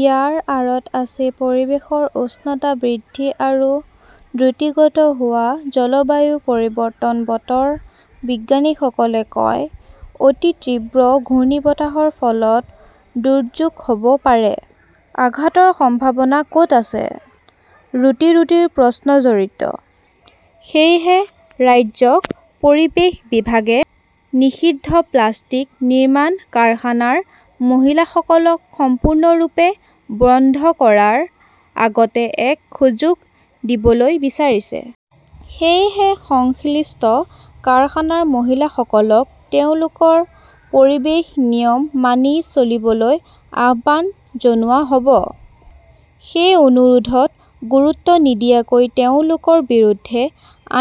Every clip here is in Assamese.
ইয়াৰ আঁৰত আছে পৰিৱেশৰ উষ্ণতা বৃদ্ধি আৰু দ্ৰুতগতিত হোৱা জলবায়ু পৰিৱৰ্তন, বতৰ বিজ্ঞানীসকলে কয়। অতি তীব্ৰ ঘূৰ্ণীবতাহৰ ফলত 'দুৰ্যোগ "হ" ব পাৰে! আঘাতৰ সম্ভাৱনা ক "ত আছে? ৰুটি-ৰুটিৰ প্ৰশ্নটো জড়িত। সেয়েহে, ৰাজ্যিক পৰিৱেশ বিভাগে নিষিদ্ধ প্লাষ্টিক নিৰ্মাণ কাৰখানাৰ মালিকসকলক সম্পূৰ্ণৰূপে বন্ধ কৰাৰ আগতে এক সুযোগ দিবলৈ বিচাৰিছে। সেয়েহে, সংশ্লিষ্ট কাৰখানাৰ মালিকসকলক তেওঁলোকৰ পৰিৱেশ নিয়ম মানি চলিবলৈ আহ্বান জনোৱা হ "ব। সেই অনুৰোধত গুৰুত্ব নিদিয়াকৈ তেওঁলোকৰ বিৰুদ্ধে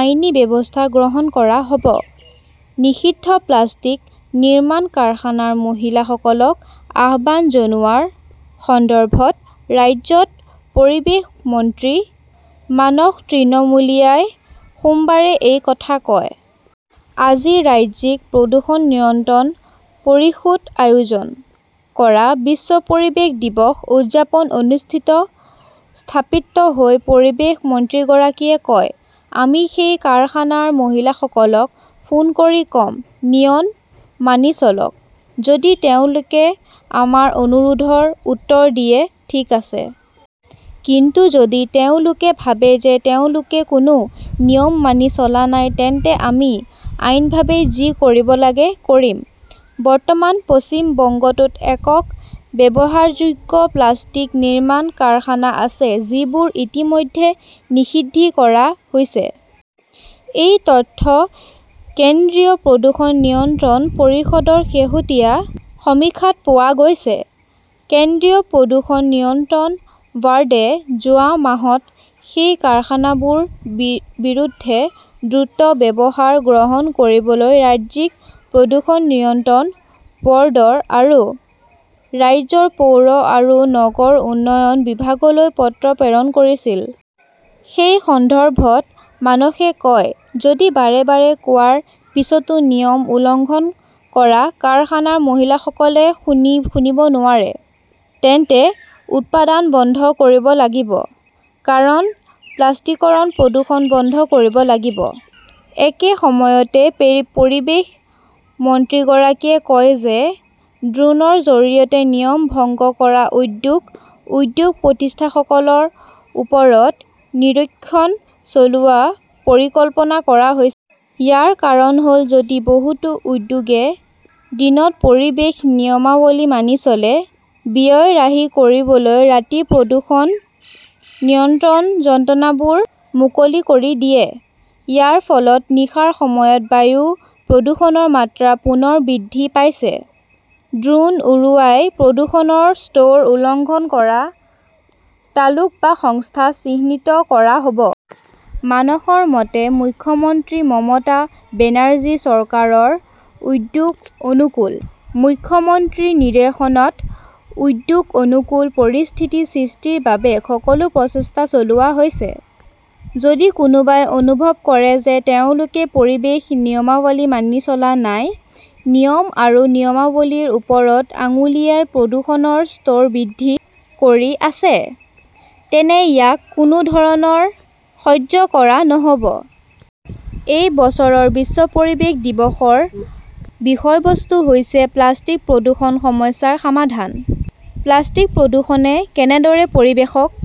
আইনী ব্যৱস্থা গ্ৰহণ কৰা হ "ব। নিষিদ্ধ প্লাষ্টিক নিৰ্মাণ কাৰখানাৰ মালিকসকলক আহ্বান জনোৱাৰ সন্দৰ্ভত ৰাজ্যৰ পৰিৱেশ মন্ত্ৰী মানস তৃণমূলিয়াই সোমবাৰে এই কথা কয়। আজি ৰাজ্যিক প্ৰদূষণ নিয়ন্ত্ৰণ পৰিষদে আয়োজন কৰা বিশ্ব পৰিৱেশ দিৱস উদযাপন অনুষ্ঠানত উপস্থিত হৈ পৰিৱেশ মন্ত্ৰীগৰাকীয়ে কয়, "আমি সেই কাৰখানাৰ মালিকসকলক ফোন কৰি ক" ম, নিয়ম মানি চলক। যদি তেওঁলোকে আমাৰ অনুৰোধৰ উত্তৰ দিয়ে, ঠিক আছে। কিন্তু যদি তেওঁলোকে ভাবে যে তেওঁলোকে কোনো নিয়ম মানি চলা নাই, তেন্তে আমি আইনীভাৱে যি কৰিব লাগে কৰিম। "বৰ্তমান পশ্চিম বংগত টা একক ব্যৱহাৰযোগ্য প্লাষ্টিক নিৰ্মাণ কাৰখানা আছে, যিবোৰ ইতিমধ্যে নিষিদ্ধ কৰা হৈছে। এই তথ্য কেন্দ্ৰীয় প্ৰদূষণ নিয়ন্ত্ৰণ পৰিষদৰ শেহতীয়া সমীক্ষাত পোৱা গৈছে। কেন্দ্ৰীয় প্ৰদূষণ নিয়ন্ত্ৰণ ব "ৰ্ডে যোৱা মাহত সেই কাৰখানাবোৰৰ বিৰুদ্ধে দ্ৰুত ব্যৱস্থা গ্ৰহণ কৰিবলৈ ৰাজ্যিক প্ৰদূষণ নিয়ন্ত্ৰণ ব" ৰ্ড আৰু ৰাজ্যৰ পৌৰ আৰু নগৰ উন্নয়ন বিভাগলৈ পত্ৰ প্ৰেৰণ কৰিছিল। সেই সন্দৰ্ভত মানসই কয়, "যদি বাৰে বাৰে কোৱাৰ পিছতো নিয়ম উলংঘা কৰা কাৰখানাৰ মালিকসকলে শুনিব নোৱাৰে, তেন্তে উৎপাদন বন্ধ কৰিব লাগিব। কাৰণ, প্লাষ্টিকৰ প্ৰদূষণ বন্ধ কৰিব লাগিব। "একে সময়তে, পৰিৱেশ মন্ত্ৰীগৰাকীয়ে কয় যে ড্ৰোনৰ জৰিয়তে নিয়ম ভংগ কৰা উদ্যোগ, উদ্যোগ প্ৰতিষ্ঠানসমূহৰ ওপৰত নিৰীক্ষণ চলোৱাৰ পৰিকল্পনা কৰা হৈছে। ইয়াৰ কাৰণ হ "ল, যদিও বহুতো উদ্যোগই দিনত পৰিৱেশ নিয়মাৱলী মানি চলে, ব্যয় ৰাহি কৰিবলৈ ৰাতি প্ৰদূষণ নিয়ন্ত্ৰণ যন্ত্ৰবোৰ মুকলি কৰি দিয়ে। ইয়াৰ ফলত নিশাৰ সময়ত বায়ু প্ৰদূষণৰ মাত্ৰা পুনৰ বৃদ্ধি পাইছে। ড্ৰোন উৰুৱাই প্ৰদূষণৰ স্তৰ উলংঘন কৰা তালুক বা সংস্থা চিনাক্ত কৰা হ "ব। মানসৰ মতে, "মুখ্যমন্ত্ৰী মমতা বেনাৰ্জীৰ চৰকাৰ উদ্যোগ অনুকূল। মুখ্যমন্ত্ৰীৰ নিৰ্দেশত উদ্যোগ-অনুকূল পৰিস্থিতি সৃষ্টিৰ বাবে সকলো প্ৰচেষ্টা চলোৱা হৈছে। কিন্তু যদি কোনোবাই অনুভৱ কৰে যে তেওঁলোকে পৰিৱেশ নিয়মাৱলী মানি চলা নাই, নিয়ম আৰু নিয়মাৱলীৰ ওপৰত আঙুলিয়াই প্ৰদূষণৰ স্তৰ বৃদ্ধি কৰি আছে, তেন্তে ইয়াক কোনো ধৰণে সহ্য কৰা নহ "ব। "এই বছৰৰ বিশ্ব পৰিৱেশ দিৱসৰ বিষয়বস্তু হৈছে 'প্লাষ্টিক-প্ৰদূষণৰ সমস্যাৰ সমাধান"। প্লাষ্টিক-প্ৰদূষণে কেনেদৰে পৰিৱেশক